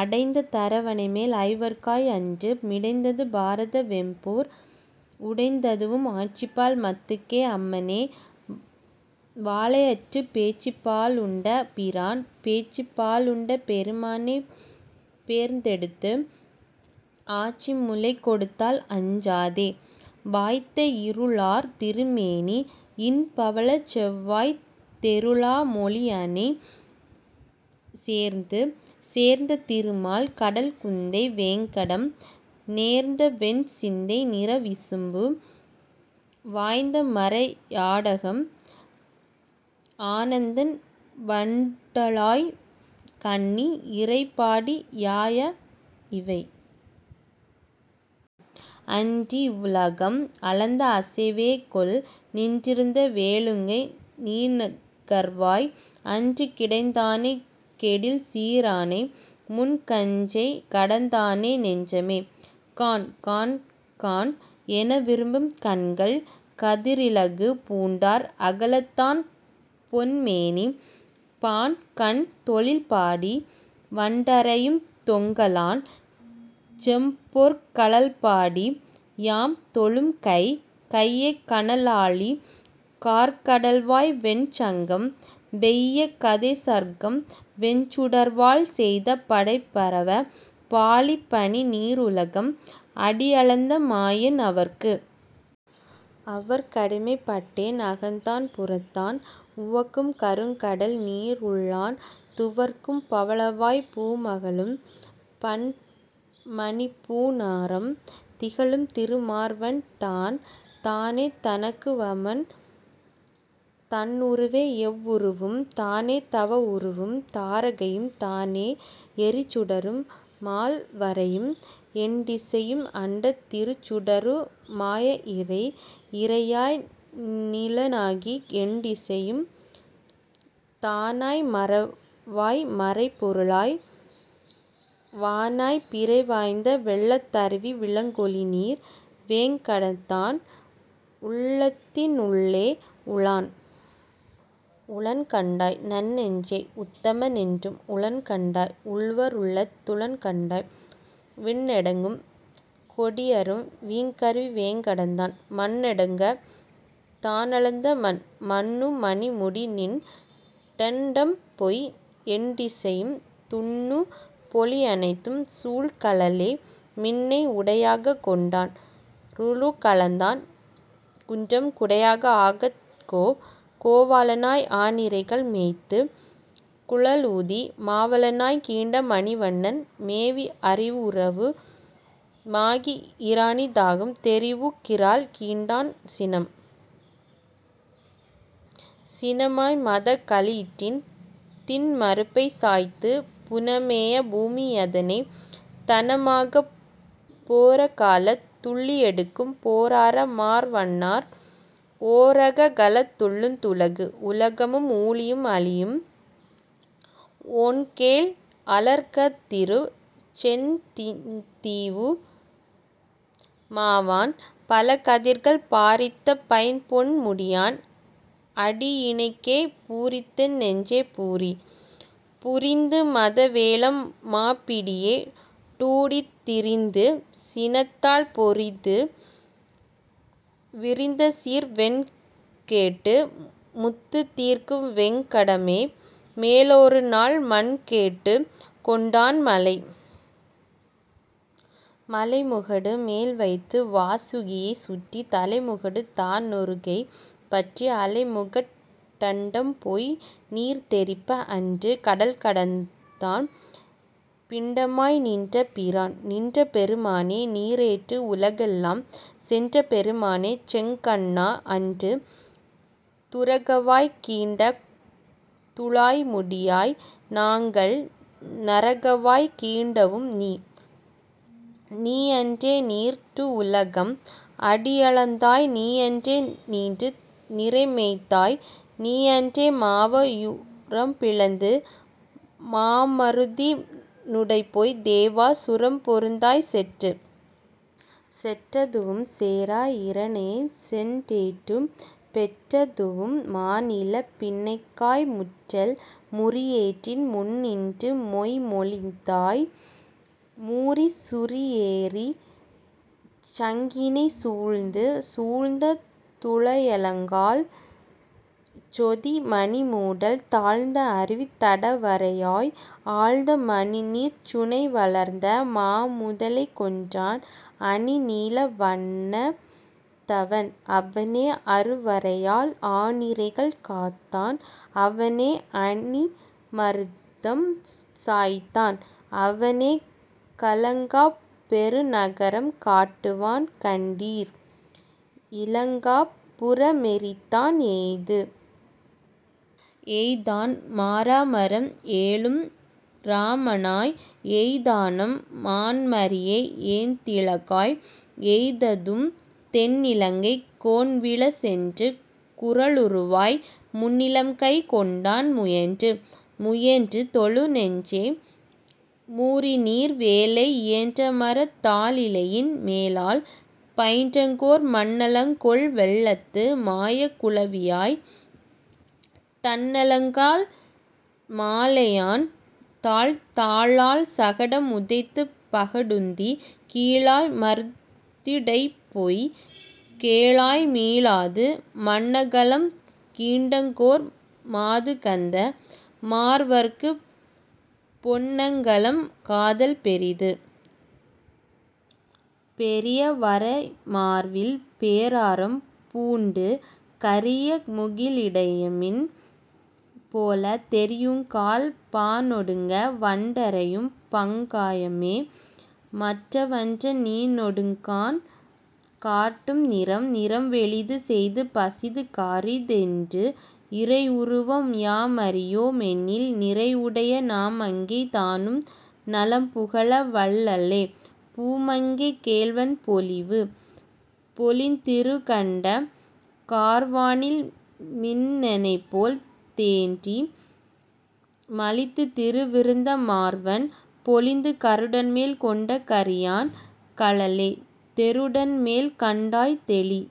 அடைந்த தரவணைமேல் ஐவர்க்காய், அன்று மிடைந்தது பாரத வெம்போர், உடைந்ததுவும் ஆய்ச்சிபால் மத்துக்கே அம்மனே, வாளெயிற்றுப் பேய்ச்சிபா லுண்ட பிரான். பேய்ச்சிபா லுண்ட பெருமானைப் பேர்ந்தெடுத்து, ஆய்ச்சி முலைகொடுத்தாள் அஞ்சாதே, வாய்த்த இருளார் திருமேனி இன்பவளச் செவ்வாய், தெருளா மொழியானைச் சேர்ந்து. சேர்ந்த திருமால் கடல்குடந்தை வேங்கடம் நேர்ந்தவென் சிந்தை நிறைவிசும்பு, வாய்ந்த மறையா டகம்அனந்தன் வண்டுழாய்க் கண்ணி, இறைபாடி யாய இவை. அன்றிவ் வுலகம் அளந்த அசைவேகொல், நின்றிருந்து வேளுக்கை நீணகர்வாய், அன்று கிடந்தானைக் கேடில்சீ ரானை, முன் கஞ்சைக் கடந்தானை நெஞ்சமே. காண். காண்காண் எனவிரும்பும் கண்கள், கதிரிலகு பூண்டார் அகலத்தான் பொன்மேனி, பாண்கண் தொழில்பாடி வண்டறையும் தொங்கலான், செம்பொற் கழல்பாடி யாம்தொழுதும் கை. கைய கனலாழி கார்க்கடல்வாய் வெண்சங்கம், வெய்ய கதைசார்ங்கம் வெஞ்சுடர்வாள், செய்த படைபரவ பாழி பனிநீ ருலகம், அடியளந்த மாயன் அவற்கு. அவற்கடிமைப் பட்டேன் அகத்தான் புறத்தான், உவக்கும் கருங்கடல்நீ ருள்ளான், துவர்க்கும் பவளவாய்ப் பூமகளும் பன்மணிப்பூ ணாரம், திகழும் திருமார்வன் தான். தானே தனக்குவமன் தன்னுருவே எவ்வுருவும், தானே தவவுருவும் தாரகையும், தானே எரிசுடரும் மால்வரையும் எண்டிசையும், அண்டத் திருசுடரு மாய இறை. இறையாய் நிலனாகி எண்டிசையும் தானாய், மறையாய் மறைப்பொருளாய் வானாய் பிறைவாய்ந்த வெள்ளத் தருவி விளங்கொலிநீர் வேங்கடத்தான், உள்ளத்தி னுள்ளே உளன். உளன்கண்டாய் நன்னெஞ்சே. உத்தம னென்றும் உளன்கண்டாய், உள்ளுவா ருள்ளத் துளன்கண்டாய், விண்ணெடுங்கக் கோடுயரும் வீங்கருவி வேங்கடத்தான், மண்ணெடுங்கத் தானளந்த மன். மன்னு மணிமுடிநீண் டண்டம்போய் எண்டிசையும், துன்னு பொழிலனைத்தும் சூழ்கழலே, மின்னை உடையாகக் கொண்டன் றுலகளந்தான், குன்றும் குடையாக ஆகாத்த கோ. கோவலனாய் ஆநிரைகள் மேய்த்துக் குழலூதி, மாவலனாய்க் கீண்ட மணிவண்ணன், மேவி அரியுருவ மாகி இரணியன தாகம், தெரியுகிரால் கீண்டான் சினம். சினமா மதகளிற்றின் திண்மருப்பைச் சாய்த்து, புனமேய பூமி யதனை, தனமாகப் போர்கலத் துள்ளொடுக்கும் பேரார மார்வனார், ஓரகலத் துள்ள துலகு. உலகமும் ஊழியும் அழியும், ஒண்கேழ் அலர்கதிரும் செந்தீ மாவான், பலகதிர்கள் பாரித்த பைம்பொன் முடியான் அடியிணைக்கே, பூரித்தென் நெஞ்சே புரி. புரிந்து மதவேழம் மாப்பிடியோ டூடித், திரிந்து சினத்தால் பொருது, விரிந்தசீர் வெண்கோட்டு முத்துதிர்க்கும் வேங்கடமே, மேலொருநாள் மண்கோட்டுக் கொண்டான் மலை. மலைமுகடு மேல்வைத்து வாசுகியைச் சுற்றி, தலைமுகடு தானொருகை பற்றி, அலைமுகட் டண்டம்போய் நீர்தெறிப்ப அன்று கடல்கடந்தான், பிண்டமாய் நின்ற பிரான். நின்ற பெருமானே. நீரேற்று, உலகெல்லாம் சென்ற பெருமானே. செங்கண்ணா, அன்று துரகவாய் கீண்ட துழாய்முடியாய், நாங்கள் நரகவாய் கீண்டவும் நீ. நீயன்றே நீரேற் றுலகம் அடியளந்தாய், நீயன்றே நின்று நிரைமேய்த்தாய் நீயன்றே மாவா யுரம்பிளந்து மாமருதி னூடுபோய், தேவா சுரம்பொருதாய் செற்று? செற்றதுவும் சேரா இரணியனைச் சென்றேற்றுப் பெற்றதுவும் மாநிலம், பின்னைக்காய் முற்றல் முரியேற்றின் முன்நின்று மொய்ம்மொழித்தாய், மூரிச் சுரியேறு சங்கினி. சூழ்ந்து. சூழ்ந்த துழாயலங்கல் சோதி மணிமுடிமால், தாழ்ந்த அருவித் தடவரைவாய், ஆழ்ந்த மணிநீர்ச் சுனைவளர்ந்த மாமுதலை கொன்றான், அணிநீல வண்ணத் தவன். அவனே அருவரையால் ஆநிரைகள் காத்தான், அவனே யணிமருதம் சாய்த்தான், அவனே கலங்காப் பெறுநகரம் காட்டுவான் கண்டீர், இலங்கா புரமெரித்தான் எய்து. எய்தான் மராமரம் ஏழும் இராமனாய், எய்தானம் மான்மறியை ஏந்திழைக்காய், எய்ததுவும் தென்னிலங்கைக் கோன்வீழச் சென்று குறளுருவாய் முன்னிலம்கைக் கொண்டான் முயன்று. முயன்று தொழுநெஞ்சே. மூரிநீர் வேலை, இயன்றமரத் தாலிலையின் மேலால், பயின்றங்கோர் மண்ணலங்கொள் வெள்ளத்து மாயக் குழவியாய், தண்ணலங்கல் மாலையான் தாள். தாளால் சகடம் உதைத்துப் பகடுந்தி, கீளா மருதிடைபோய்க் கேழலாய், மீளாது மண்ணகலம் கீண்டங்கோர் மாதுகந்த மார்வற்கு, பொண்ணங்கலம் காதல் பெரிது. பெரிய வரைமார்வில் பேராரம் பூண்டு, கரிய முகிலிடைமின் போல, தெரியுங்கால் பாணொடுங்க வண்டறையும் பங்கயமே, மற்றவன்றன் நீணெடுங்கண் காட்டும் நிறம். நிறம்வெளிது செய்து பசிது கரிதென்று, இறையுருவம் யாமறியோ மெண்ணில், நிறைவுடைய நாமங்கை தானும் நலம்புகழ வல்லளே, பூமங்கை கேள்வன் பொலிவு? பொலிந்திருகண்ட கார்வானில் மின்னனேபோல் தோன்றி, மலிந்து திருவிருந்த மார்வன், பொலிந்து கருடன்மேல் கொண்ட கரியான் கழலே, தெருடன்மேல் கண்டாய் தெளி.